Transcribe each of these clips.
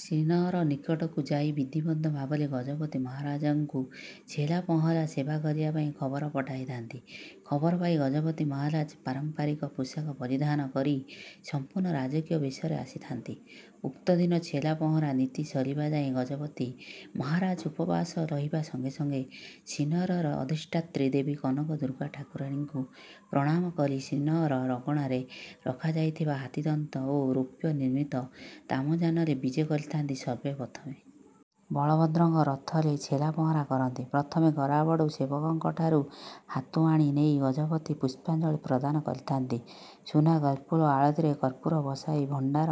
ଶ୍ରୀନଅର ନିକଟକୁ ଯାଇ ବିଧିବଦ୍ଧ ଭାବରେ ଗଜପତି ମହାରାଜାଙ୍କୁ ଛେରା ପହଁରା ସେବା କରିବା ପାଇଁ ଖବର ପଠାଇଥାନ୍ତି। ଖବର ପାଇ ଗଜପତି ମହାରାଜ ପାରମ୍ପାରିକ ପୋଷାକ ପରିଧାନ କରି ସମ୍ପୂର୍ଣ୍ଣ ରାଜକୀୟ ବେଶରେ ଆସିଥାନ୍ତି। ଉକ୍ତଦିନ ଛେରା ପହଁରା ନୀତି ସରିବା ଯାଏଁ ଗଜପତି ମହାରାଜା ଉପବାସ ରହିବା ସଙ୍ଗେ ସଙ୍ଗେ ଶ୍ରୀନଅରର ଅଧିଷ୍ଠାତ୍ରୀ ଦେବୀ କନକ ଦୁର୍ଗା ଠାକୁରାଣୀଙ୍କୁ ପ୍ରଣାମ କରି ଶ୍ରୀନଅର ଅଗଣାରେ ରଖାଯାଇଥିବା ହାତୀଦନ୍ତ ଓ ରୌପ୍ୟ ନିର୍ମିତ ତାମଯାନରେ ବିଜେ କରିଥାନ୍ତି। ସର୍ବେ ପ୍ରଥମେ ବଳଭଦ୍ରଙ୍କ ରଥରେ ଛେରା ପହଁରା କରନ୍ତି। ପ୍ରଥମେ ଗରାବଡୁ ସେବକଙ୍କଠାରୁ ହାତୁଆଣି ନେଇ ଗଜପତି ପୁଷ୍ପାଞ୍ଜଳି ପ୍ରଦାନ କରିଥାନ୍ତି। ସୁନା କର୍ପୂର ଆଳତିରେ କର୍ପୂର ବସାଇ ଭଣ୍ଡାର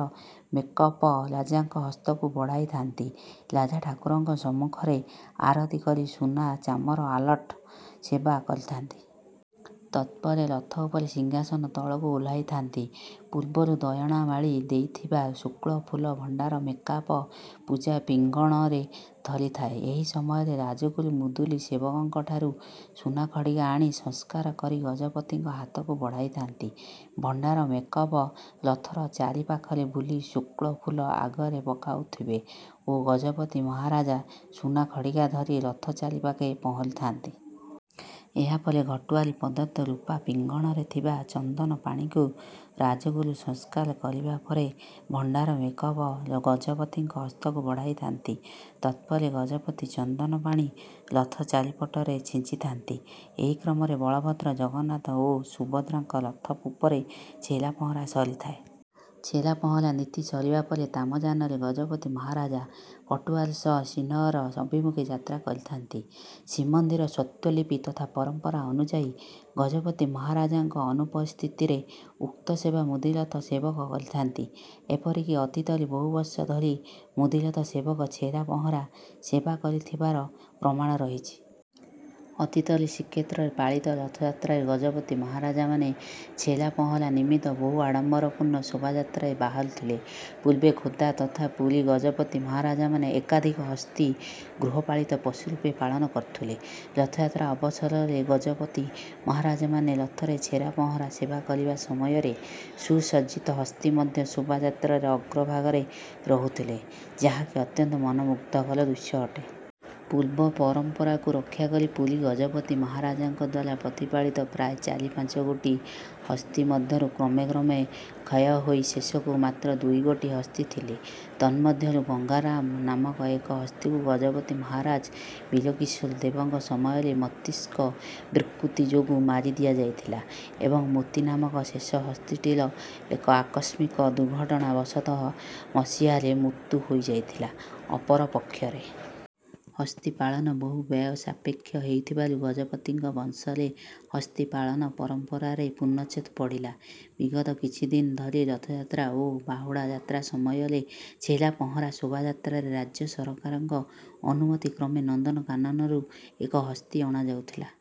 ମେକପ ରାଜାଙ୍କ ହସ୍ତକୁ ବଢାଇଥାନ୍ତି। ରାଜା ଠାକୁରଙ୍କ ସମ୍ମୁଖରେ ଆରତି କରି ସୁନା ଚାମର ଆଲଟ ସେବା କରିଥାନ୍ତି। ତତ୍ପରେ ରଥ ଉପରେ ସିଂହାସନ ତଳକୁ ଓହ୍ଲାଇଥାନ୍ତି। ପୂର୍ବରୁ ଦୟଣାମାଳି ଦେଇଥିବା ଶୁକ୍ଳ ଫୁଲ ଭଣ୍ଡାର ମେକାପ ପୂଜା ପିଙ୍ଗଣରେ ଧରିଥାଏ। ଏହି ସମୟରେ ରାଜଗୁରୁ ମୁଦୁଲି ସେବକଙ୍କଠାରୁ ସୁନା ଖଡିକା ଆଣି ସଂସ୍କାର କରି ଗଜପତିଙ୍କ ହାତକୁ ବଢାଇଥାନ୍ତି। ଭଣ୍ଡାର ମେକପ ରଥର ଚାରି ପାଖରେ ବୁଲି ଶୁକ୍ଳ ଫୁଲ ଆଗରେ ପକାଉଥିବେ ଓ ଗଜପତି ମହାରାଜା ସୁନା ଖଡିକା ଧରି ରଥ ଚାରି ପାଖେ ପହଁରିଥାନ୍ତି। ଏହା ପରେ ଘଟୁଆରୀ ପ୍ରଦତ୍ତ ରୂପା ପିଙ୍ଗଣରେ ଥିବା ଚନ୍ଦନ ପାଣିକୁ ରାଜଗୁରୁ ସଂସ୍କାର କରିବାପରେ ଭଣ୍ଡାର ମେକପ ଗଜପତିଙ୍କ ହସ୍ତକୁ ବଢାଇଥାନ୍ତି। ତତ୍ପରେ ଗଜପତି ଚନ୍ଦନପାଣି ରଥ ଚାରିପଟରେ ଛିଞ୍ଚିଥାନ୍ତି। ଏହି କ୍ରମରେ ବଳଭଦ୍ର, ଜଗନ୍ନାଥ ଓ ସୁଭଦ୍ରାଙ୍କ ରଥ ଉପରେ ଛେରା ପହଁରା ସରିଥାଏ। ଛେରା ପହଁରା ନୀତି ସରିବା ପରେ ତାମଯାନରେ ଗଜପତି ମହାରାଜା ପଟୁଆର ସହ ଶ୍ରୀନଅର ଅଭିମୁଖେ ଯାତ୍ରା କରିଥାନ୍ତି। ଶ୍ରୀମନ୍ଦିର ସ୍ୱତ୍ତ୍ୱଲିପି ତଥା ପରମ୍ପରା ଅନୁଯାୟୀ ଗଜପତି ମହାରାଜାଙ୍କ ଅନୁପସ୍ଥିତିରେ ଉକ୍ତ ସେବା ମୁଦିରଥ ସେବକ କରିଥାନ୍ତି। ଏପରିକି ଅତୀତରେ ବହୁବର୍ଷ ଧରି ମୁଦିରଥ ସେବକ ଛେରା ପହଁରା ସେବା କରିଥିବାର ପ୍ରମାଣ ରହିଛି। ଅତୀତରେ ଶ୍ରୀକ୍ଷେତ୍ରରେ ପାଳିତ ରଥଯାତ୍ରାରେ ଗଜପତି ମହାରାଜାମାନେ ଛେରା ପହଁରା ନିମିତ୍ତ ବହୁ ଆଡ଼ମ୍ବରପୂର୍ଣ୍ଣ ଶୋଭାଯାତ୍ରାରେ ବାହାରୁଥିଲେ। ପୂର୍ବେ ଖୋର୍ଦ୍ଧା ତଥା ପୁରୀ ଗଜପତି ମହାରାଜାମାନେ ଏକାଧିକ ହସ୍ତୀ ଗୃହପାଳିତ ପଶୁ ରୂପେ ପାଳନ କରୁଥିଲେ। ରଥଯାତ୍ରା ଅବସରରେ ଗଜପତି ମହାରାଜାମାନେ ରଥରେ ଛେରା ପହଁରା ସେବା କରିବା ସମୟରେ ସୁସଜ୍ଜିତ ହସ୍ତୀ ମଧ୍ୟ ଶୋଭାଯାତ୍ରାର ଅଗ୍ରଭାଗରେ ରହୁଥିଲେ, ଯାହାକି ଅତ୍ୟନ୍ତ ମନମୁଗ୍ଧକର ଦୃଶ୍ୟ ଅଟେ। ପୂର୍ବ ପରମ୍ପରାକୁ ରକ୍ଷାକରି ପୁରୀ ଗଜପତି ମହାରାଜାଙ୍କଦ୍ୱାରା ପ୍ରତିପାଳିତ ପ୍ରାୟ ଚାରି ପାଞ୍ଚଗୋଟି ହସ୍ତୀ ମଧ୍ୟରୁ କ୍ରମେ କ୍ରମେ କ୍ଷୟହୋଇ ଶେଷକୁ ମାତ୍ର ଦୁଇଗୋଟି ହସ୍ତୀ ଥିଲେ। ତନ୍ମଧ୍ୟରୁ ଗଙ୍ଗାରାମ ନାମକ ଏକ ହସ୍ତୀକୁ ଗଜପତି ମହାରାଜ ବୀରକିଶୋର ଦେବଙ୍କ ସମୟରେ ମସ୍ତିଷ୍କ ବିକୃତି ଯୋଗୁଁ ମାରି ଦିଆଯାଇଥିଲା ଏବଂ ମୋତି ନାମକ ଶେଷ ହସ୍ତୀଟିର ଏକ ଆକସ୍ମିକ ଦୁର୍ଘଟଣା ବଶତଃ ମସିହାରେ ମୃତ୍ୟୁ ହୋଇଯାଇଥିଲା। ଅପରପକ୍ଷରେ ହସ୍ତୀ ପାଳନ ବହୁ ବ୍ୟୟ ସାପେକ୍ଷ ହେଉଥିବାରୁ ଗଜପତିଙ୍କ ବଂଶରେ ହସ୍ତୀ ପାଳନ ପରମ୍ପରାରେ ପୂର୍ଣ୍ଣଛେଦ ପଡିଲା। ବିଗତ କିଛିଦିନ ଧରି ରଥଯାତ୍ରା ଓ ବାହୁଡ଼ା ଯାତ୍ରା ସମୟରେ ଛେରା ପହଁରା ଶୋଭାଯାତ୍ରାରେ ରାଜ୍ୟ ସରକାରଙ୍କ ଅନୁମତି କ୍ରମେ ନନ୍ଦନକାନନରୁ ଏକ ହସ୍ତୀ ଅଣାଯାଉଥିଲା।